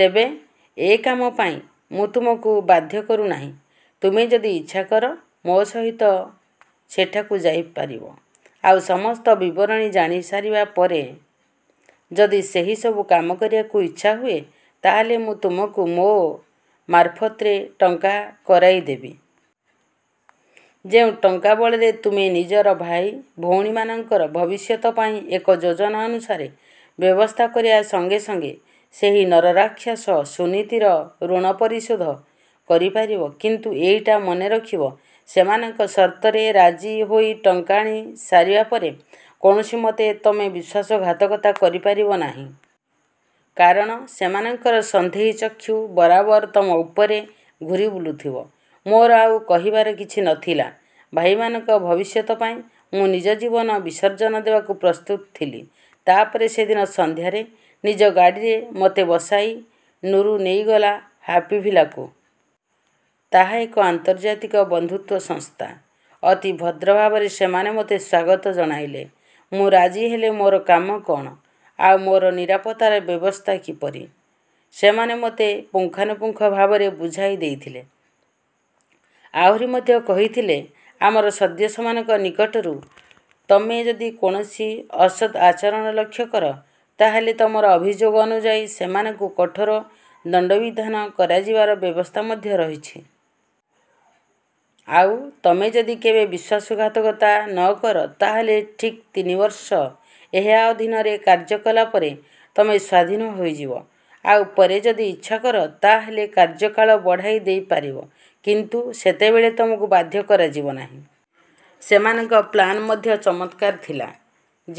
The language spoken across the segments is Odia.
ତେବେ ଏ କାମ ପାଇଁ ମୁଁ ତୁମକୁ ବାଧ୍ୟ କରୁନାହିଁ। ତୁମେ ଯଦି ଇଚ୍ଛା କର, ମୋ ସହିତ ସେଠାକୁ ଯାଇପାରିବ। ଆଉ ସମସ୍ତ ବିବରଣୀ ଜାଣିସାରିବା ପରେ ଯଦି ସେହିସବୁ କାମ କରିବାକୁ ଇଚ୍ଛା ହୁଏ, ତା ହେଲେ ମୁଁ ତୁମକୁ ମୋ ମାରଫତରେ ଟଙ୍କା କରାଇ ଦେବି। ଯେଉଁ ଟଙ୍କା ବଳରେ ତୁମେ ନିଜର ଭାଇ, ଭଉଣୀମାନଙ୍କର ଭବିଷ୍ୟତ ପାଇଁ ଏକ ଯୋଜନା ଅନୁସାରେ ବ୍ୟବସ୍ଥା କରିବା ସଙ୍ଗେ ସଙ୍ଗେ ସେହି ନରରାକ୍ଷସ ସୁନୀତିର ଋଣ ପରିଶୋଧ କରିପାରିବ। କିନ୍ତୁ ଏଇଟା ମନେ ରଖିବ ସେମାନଙ୍କ ସର୍ତ୍ତରେ ରାଜି ହୋଇ ଟଙ୍କା ଆଣିସାରିବା ପରେ କୌଣସିମତେ ତମେ ବିଶ୍ୱାସଘାତକତା କରିପାରିବ ନାହିଁ। କାରଣ, ସେମାନଙ୍କର ସନ୍ଦେହୀ ଚକ୍ଷୁ ବରାବର ତମ ଉପରେ ଘୂରି ବୁଲୁଥିବ। ମୋର ଆଉ କହିବାକୁ କିଛି ନଥିଲା। ଭାଇମାନଙ୍କ ଭବିଷ୍ୟତ ପାଇଁ ମୁଁ ନିଜ ଜୀବନ ବିସର୍ଜନ ଦେବାକୁ ପ୍ରସ୍ତୁତ ଥିଲି। ତା ପରେ ସେଦିନ ସନ୍ଧ୍ୟାରେ ନିଜ ଗାଡ଼ିରେ ମୋତେ ବସାଇ ନୁରୁ ନେଇଗଲା 'ହାପି ଭିଲ୍ଲା'କୁ। ତାହା ଏକ ଆନ୍ତର୍ଜାତିକ ବନ୍ଧୁତ୍ୱ ସଂସ୍ଥା। ଅତି ଭଦ୍ର ଭାବରେ ସେମାନେ ମୋତେ ସ୍ୱାଗତ ଜଣାଇଥିଲେ। ମୁଁ ରାଜି ହେଲେ ମୋର କାମ କଣ, ଆଉ ମୋର ନିରାପତ୍ତାର ବ୍ୟବସ୍ଥା କିପରି, ସେମାନେ ମୋତେ ପୁଙ୍ଖାନୁପୁଙ୍ଖ ଭାବରେ ବୁଝାଇ ଦେଇଥିଲେ। ଆହୁରି ମଧ୍ୟ କହିଥିଲେ, ଆମର ସଦସ୍ୟମାନଙ୍କ ନିକଟରୁ ତମେ ଯଦି କୌଣସି ଅସଦ୍ ଆଚରଣ ଲକ୍ଷ୍ୟ କର, ତା ହେଲେ ତମର ଅଭିଯୋଗ ଅନୁଯାୟୀ ସେମାନଙ୍କୁ କଠୋର ଦଣ୍ଡବିଧାନ କରାଯିବାର ବ୍ୟବସ୍ଥା ମଧ୍ୟ ରହିଛି। ଆଉ ତମେ ଯଦି କେବେ ବିଶ୍ୱାସଘାତକତା ନ କର, ତା ହେଲେ ଠିକ୍ ତିନି ବର୍ଷ ଏହା ଅଧୀନରେ କାର୍ଯ୍ୟ କଲାପରେ ତମେ ସ୍ୱାଧୀନ ହୋଇଯିବ। ଆଉ ପରେ ଯଦି ଇଚ୍ଛା କର, ତା ହେଲେ କାର୍ଯ୍ୟକାଳ ବଢ଼ାଇ ଦେଇପାରିବ କିନ୍ତୁ ସେତେବେଳେ ତମକୁ ବାଧ୍ୟ କରାଯିବ ନାହିଁ। ସେମାନଙ୍କ ପ୍ଲାନ୍ ମଧ୍ୟ ଚମତ୍କାର ଥିଲା।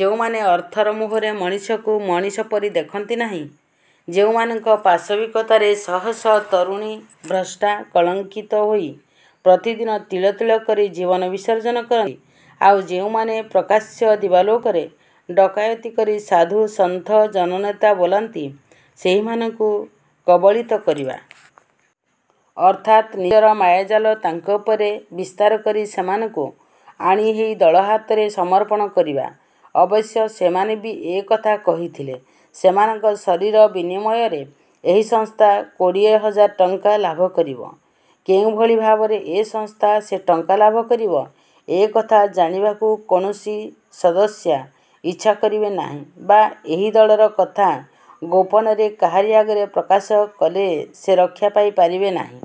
ଯେଉଁମାନେ ଅର୍ଥର ମୋହରେ ମଣିଷକୁ ମଣିଷ ପରି ଦେଖନ୍ତି ନାହିଁ, ଯେଉଁମାନଙ୍କ ପାଶବିକତାରେ ଶହ ଶହ ତରୁଣୀ ଭ୍ରଷ୍ଟା, କଳଙ୍କିତା ହୋଇ ପ୍ରତିଦିନ ତିଳ ତିଳ କରି ଜୀବନ ବିସର୍ଜନ କରନ୍ତି, ଆଉ ଯେଉଁମାନେ ପ୍ରକାଶ୍ୟ ଦିବାଲୋକରେ ଡକାୟତି କରି ସାଧୁ, ସନ୍ଥ, ଜନନେତା ବୋଲାନ୍ତି, ସେହିମାନଙ୍କୁ କବଳିତ କରିବା। ଅର୍ଥାତ୍ ନିଜର ମାୟାଜାଲ ତାଙ୍କ ଉପରେ ବିସ୍ତାର କରି ସେମାନଙ୍କୁ ଆଣି ଏହି ଦଳ ହାତରେ ସମର୍ପଣ କରିବା। ଅବଶ୍ୟ ସେମାନେ ବି ଏ କଥା କହିଥିଲେ, ସେମାନଙ୍କ ଶରୀର ବିନିମୟରେ ଏହି ସଂସ୍ଥା କୋଡ଼ିଏ ହଜାର ଟଙ୍କା ଲାଭ କରିବ। କେଉଁଭଳି ଭାବରେ ଏ ସଂସ୍ଥା ସେ ଟଙ୍କା ଲାଭ କରିବ, ଏ କଥା ଜାଣିବାକୁ କୌଣସି ସଦସ୍ୟା ଇଚ୍ଛା କରିବେ ନାହିଁ ବା ଏହି ଦଳର କଥା ଗୋପନରେ କାହାରି ଆଗରେ ପ୍ରକାଶ କଲେ ସେ ରକ୍ଷା ପାଇପାରିବେ ନାହିଁ।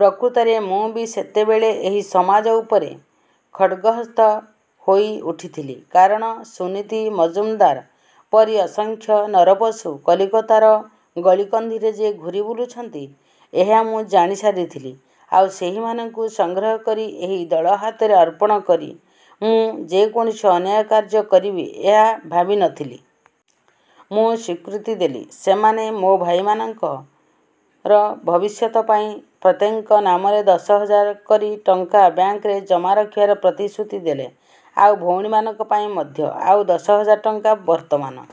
ପ୍ରକୃତରେ ମୁଁ ବି ସେତେବେଳେ ଏହି ସମାଜ ଉପରେ ଖଡ୍‌ଗହସ୍ତ ହୋଇଉଠିଥିଲି। କାରଣ, ସୁନୀତି ମଜୁମଦାର ପରି ଅସଂଖ୍ୟ ନରପଶୁ କଲିକତାର ଗଳିକନ୍ଦିରେ ଯେ ଘୂରି ବୁଲୁଛନ୍ତି, ଏହା ମୁଁ ଜାଣିସାରିଥିଲି। ଆଉ ସେହିମାନଙ୍କୁ ସଂଗ୍ରହ କରି ଏହି ଦଳ ହାତରେ ଅର୍ପଣ କରି ମୁଁ ଯେ କୌଣସି ଅନ୍ୟାୟ କାର୍ଯ୍ୟ କରିବି, ଏହା ଭାବିନଥିଲି। ମୁଁ ସ୍ୱୀକୃତି ଦେଲି। ସେମାନେ ମୋ ଭାଇମାନଙ୍କର ଭବିଷ୍ୟତ ପାଇଁ ପ୍ରତ୍ୟେକଙ୍କ ନାମରେ ଦଶ ହଜାର କରି ଟଙ୍କା ବ୍ୟାଙ୍କରେ ଜମା ରଖିବାର ପ୍ରତିଶ୍ରୁତି ଦେଲେ। ଆଉ ଭଉଣୀମାନଙ୍କ ପାଇଁ ମଧ୍ୟ। ଆଉ ଦଶ ହଜାର ଟଙ୍କା ବର୍ତ୍ତମାନ